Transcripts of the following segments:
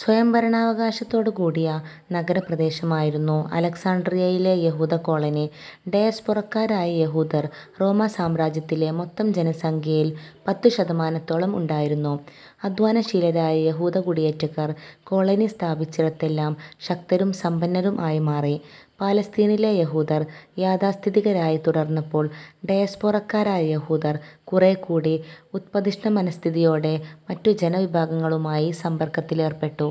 സ്വയംഭരണാവകാശത്തോടുകൂടിയ നഗരപ്രദേശമായിരുന്നു അലക്സാൻഡ്രിയയിലെ യഹൂദ കോളനി. ഡയസ്പൊറക്കാരായ യഹൂദർ റോമാ സാമ്രാജ്യത്തിലെ മൊത്തം ജനസംഖ്യയിൽ പത്തുശതമാനത്തോളം ഉണ്ടായിരുന്നു. അധ്വാനശീലരായ യഹൂദ കുടിയേറ്റക്കാർ കോളനി സ്ഥാപിച്ചിടത്തെല്ലാം ശക്തരും സമ്പന്നരും ആയി മാറി. പാലസ്തീനിലെ യഹൂദർ യാഥാസ്ഥിതികരായി തുടർന്നപ്പോൾ ഡയസ്പൊറക്കാരായ യഹൂദർ കുറേക്കൂടി ഉത്പതിഷ്ണമനസ്ഥിതിയോടെ മറ്റു ജനവിഭാഗങ്ങളുമായി സമ്പർക്കത്തിലേർപ്പെട്ടു.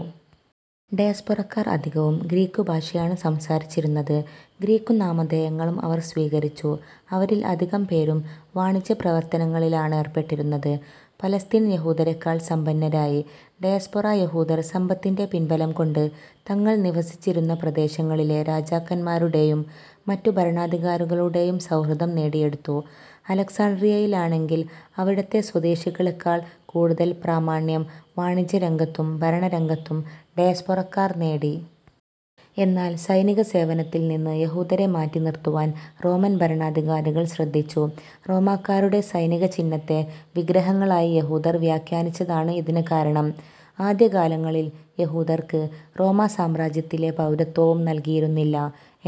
ഡയസ്പൊറക്കാർ അധികവും ഗ്രീക്കുഭാഷയാണു സംസാരിച്ചിരുന്നത്. ഗ്രീക്കു നാമധേയങ്ങളും അവർ സ്വീകരിച്ചു. അവരിൽ അധികംപേരും വാണിജ്യപ്രവർത്തനങ്ങളിലാണേർപ്പെട്ടിരുന്നത്. പലസ്തീൻ യഹൂദരെക്കാൾ സമ്പന്നരായി. ഡയസ്പൊറ യഹൂദർ സമ്പത്തിന്റെ പിൻബലം കൊണ്ട് തങ്ങൾ നിവസിച്ചിരുന്ന പ്രദേശങ്ങളിലെ രാജാക്കന്മാരുടേയും മറ്റു ഭരണാധികാരികളുടേയും സൗഹൃദം നേടിയെടുത്തു. അലക്സാൻഡ്രിയയിലാണെങ്കിൽ അവിടത്തെ സ്വദേശികളെക്കാൾ കൂടുതൽ പ്രാമാണ്യം വാണിജ്യരംഗത്തും ഭരണരംഗത്തും ഡയസ്പൊറക്കാർ നേടി. എന്നാൽ സൈനികസേവനത്തിൽ നിന്ന് യഹൂദരെ മാറ്റി നിർത്തുവാൻ റോമൻ ഭരണാധികാരികൾ ശ്രദ്ധിച്ചു. റോമാക്കാരുടെ സൈനിക ചിഹ്നത്തെ വിഗ്രഹങ്ങളായി യഹൂദർ വ്യാഖാനിച്ചതാണ് ഇതിനു കാരണം. ആദ്യകാലങ്ങളിൽ യഹൂദർക്ക് റോമാസാമ്രാജ്യത്തിലെ പൗരത്വവും നൽകിയിരുന്നില്ല.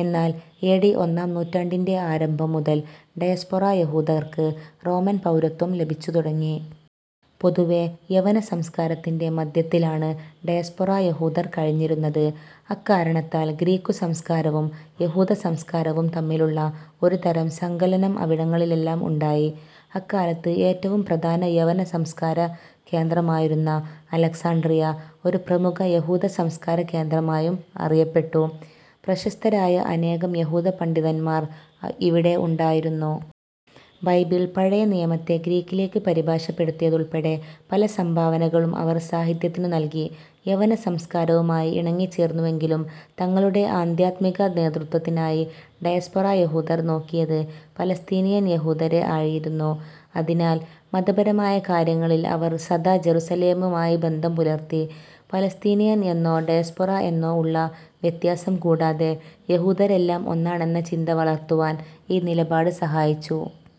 എന്നാൽ ഏ. ഡി. ഒന്നാം നൂറ്റാണ്ടിന്റെ ആരംഭം മുതൽ ഡയസ്പൊറ യഹൂദർക്ക് റോമൻ പൗരത്വം ലഭിച്ചു തുടങ്ങി. പൊതുവേ യവന സംസ്കാരത്തിന്റെ മധ്യത്തിലാണ് ഡയസ്പൊറ യഹൂദർ കഴിഞ്ഞിരുന്നത്. അക്കാരണത്താൽ ഗ്രീക്കു സംസ്കാരവും യഹൂദസംസ്കാരവും തമ്മിലുള്ള ഒരു തരം സങ്കലനം അവിടങ്ങളിലെല്ലാം ഉണ്ടായി. അക്കാലത്ത് ഏറ്റവും പ്രധാന യവന സംസ്കാര കേന്ദ്രമായിരുന്ന അലക്സാൻഡ്രിയ, ഒരു പ്രമുഖ യഹൂദ സംസ്കാര കേന്ദ്രമായും അറിയപ്പെട്ടു. പ്രശസ്തരായ അനേകം യഹൂദപണ്ഡിതന്മാർ ഇവിടെ ഉണ്ടായിരുന്നു. ബൈബിൾ പഴയ നിയമത്തെ ഗ്രീക്കിലേക്ക് പരിഭാഷപ്പെടുത്തിയതുൾപ്പെടെ പല സംഭാവനകളും അവർ സാഹിത്യത്തിനു നൽകി. യവന സംസ്കാരവുമായി ഇണങ്ങിച്ചേർന്നുവെങ്കിലും തങ്ങളുടെ ആധ്യാത്മിക നേതൃത്വത്തിനായി ഡയസ്പൊറ യഹൂദർ നോക്കിയത് പലസ്തീനിയൻ യഹൂദരെ ആയിരുന്നു. അതിനാൽ, മതപരമായ കാര്യങ്ങളിൽ അവർ സദാ ജെറുസലേമുമായി ബന്ധം പുലർത്തി. പലസ്തീനിയൻ എന്നോ ഡയസ്പൊറ എന്നോ ഉള്ള വ്യത്യാസം കൂടാതെ, യഹൂദരെല്ലാം ഒന്നാണെന്ന ചിന്ത വളർത്തുവാൻ ഈ നിലപാട് സഹായിച്ചു.